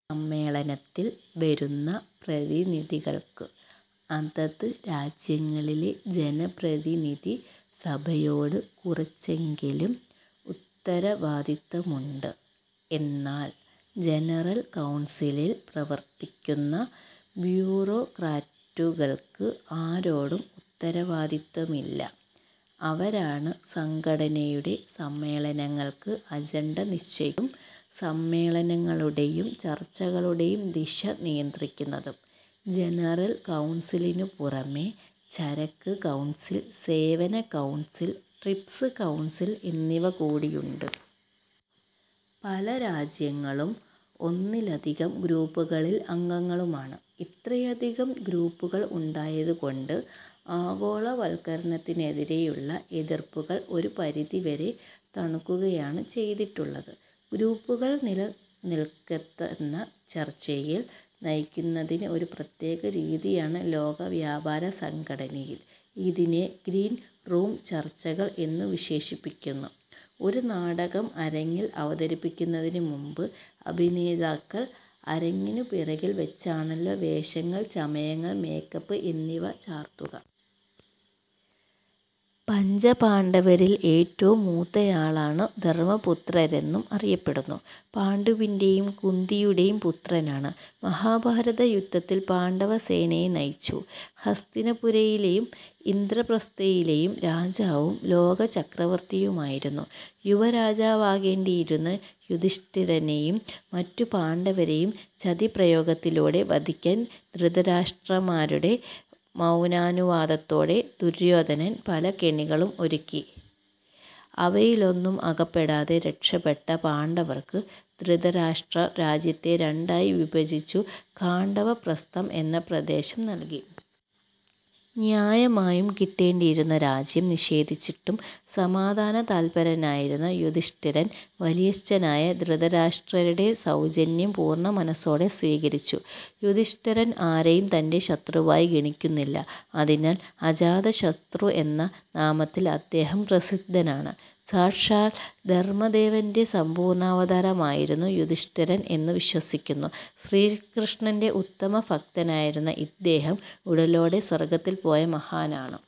മന്ത്രിതലസമ്മേളനത്തിൽ വരുന്ന പ്രതിനിധികൾക്ക് അതത് രാജ്യങ്ങളിലെ ജനപ്രതിനിധിസഭയോടു കുറച്ചെങ്കിലും ഉത്തരവാദിത്തമുണ്ട്. എന്നാൽ ജനറൽ കൌൺസിലിൽ പ്രവർത്തിക്കുന്ന ബ്യൂറോക്രാറ്റുകൾക്ക് ആരോടും ഉത്തരവാദിത്തമില്ല. അവരാണ് സംഘടനയുടെ സമ്മേളനങ്ങൾക്ക് അജൻഡ നിശ്ചയിക്കുന്നതും സമ്മേളനങ്ങളുടെയും ചർച്ചകളുടെയും ദിശ നിയന്ത്രിക്കുന്നതും. ജനറൽ കൗൺസിലിനു പുറമേ, ചരക്ക് കൗൺസിൽ, സേവന കൗൺസിൽ, ട്രിപ്സ് കൌൺസിൽ എന്നിവകൂടിയുണ്ട്. പല രാജ്യങ്ങളും ഒന്നിലധികം ഗ്രൂപ്പുകളിൽ അംഗങ്ങളുമാണ്. ഇത്രയധികം ഗ്രൂപ്പുകൾ ഉണ്ടായതുകൊണ്ട് ആഗോളവത്കരണത്തിനെതിരെയുള്ള എതിർപ്പുകൾ ഒരു പരിധിവരെ തണുക്കുകയാണ് ചെയ്തിട്ടുള്ളത്. ഗ്രൂപ്പുകൾ നിലനിൽക്കെത്തന്നെ ചർച്ചകൾ നയിക്കുന്നതിന് ഒരു പ്രത്യേക രീതിയാണ് ലോകവ്യാപാരസംഘടനയിൽ. ഇതിനെ ഗ്രീൻ റൂംചർച്ചകൾ എന്നു വിശേഷിപ്പിക്കുന്നു. ഒരു നാടകം അരങ്ങിൽ അവതരിപ്പിക്കുന്നതിനുമുമ്പ്, അഭിനേതാക്കൾ അരങ്ങിനു പിറകിൽ വച്ചാണല്ലോ വേഷങ്ങൾ ചമയങ്ങൾ മേക്കപ്പ് എന്നിവ ചാർത്തുക. പഞ്ചപാണ്ഡവരിൽ ഏറ്റവും മൂത്തയാളാണ് ധർമ്മപുത്രരെന്നും അറിയപ്പെടുന്നു. പാണ്ഡുവിന്റെയും കുന്തിയുടെയും പുത്രനാണ്. മഹാഭാരതയുദ്ധത്തിൽ പാണ്ഡവസേനയെ നയിച്ചു. ഹസ്തിനപുരിയിലേയും ഇന്ദ്രപ്രസ്ഥയിലേയും രാജാവും ലോക ചക്രവർത്തിയുമായിരുന്നു. യുവരാജാവാകേണ്ടിയിരുന്ന യുധിഷ്ഠിരനേയും മറ്റു പാണ്ഡവരെയും ചതിപ്രയോഗത്തിലൂടെ വധിക്കാൻ ധൃതരാഷ്ട്രരുടെ മൗനാനുവാദത്തോടെ ദുര്യോധനൻ പല കെണികളും ഒരുക്കി. അവയിലൊന്നും അകപ്പെടാതെ രക്ഷപ്പെട്ട പാണ്ഡവർക്ക്, ധൃതരാഷ്ട്രർ രാജ്യത്തെ രണ്ടായി വിഭജിച്ചു ഖാണ്ഡവപ്രസ്ഥം എന്ന പ്രദേശം നല്കി. ന്യായമായും കിട്ടേണ്ടിയിരുന്ന രാജ്യം നിഷേധിച്ചിട്ടും സമാധാനതല്പ്പരനായിരുന്ന യുധിഷ്ഠിരൻ വലിയച്ഛനായ ധൃതരാഷ്ട്രരുടെ സൗജന്യം പൂർണമനസ്സോടെ സ്വീകരിച്ചു. യുധിഷ്ഠിരൻ ആരെയും തന്റെ ശത്രുവായി ഗണിക്കുന്നില്ല. അതിനാൽ അജാതശത്രു എന്ന നാമത്തിൽ അദ്ദേഹം പ്രസിദ്ധനാണ്. സാക്ഷാൽ ധർമ്മദേവന്റെ സംപൂർണ്ണാവതാരമായിരുന്നു യുധിഷ്ഠിരൻ എന്നു വിശ്വസിക്കുന്നു. ശ്രീകൃഷ്ണന്റെ ഉത്തമ ഭക്തനായിരുന്ന ഇദ്ദേഹം ഉടലോടെ സ്വർഗ്ഗത്തിൽ പോയ മഹാനാണ്.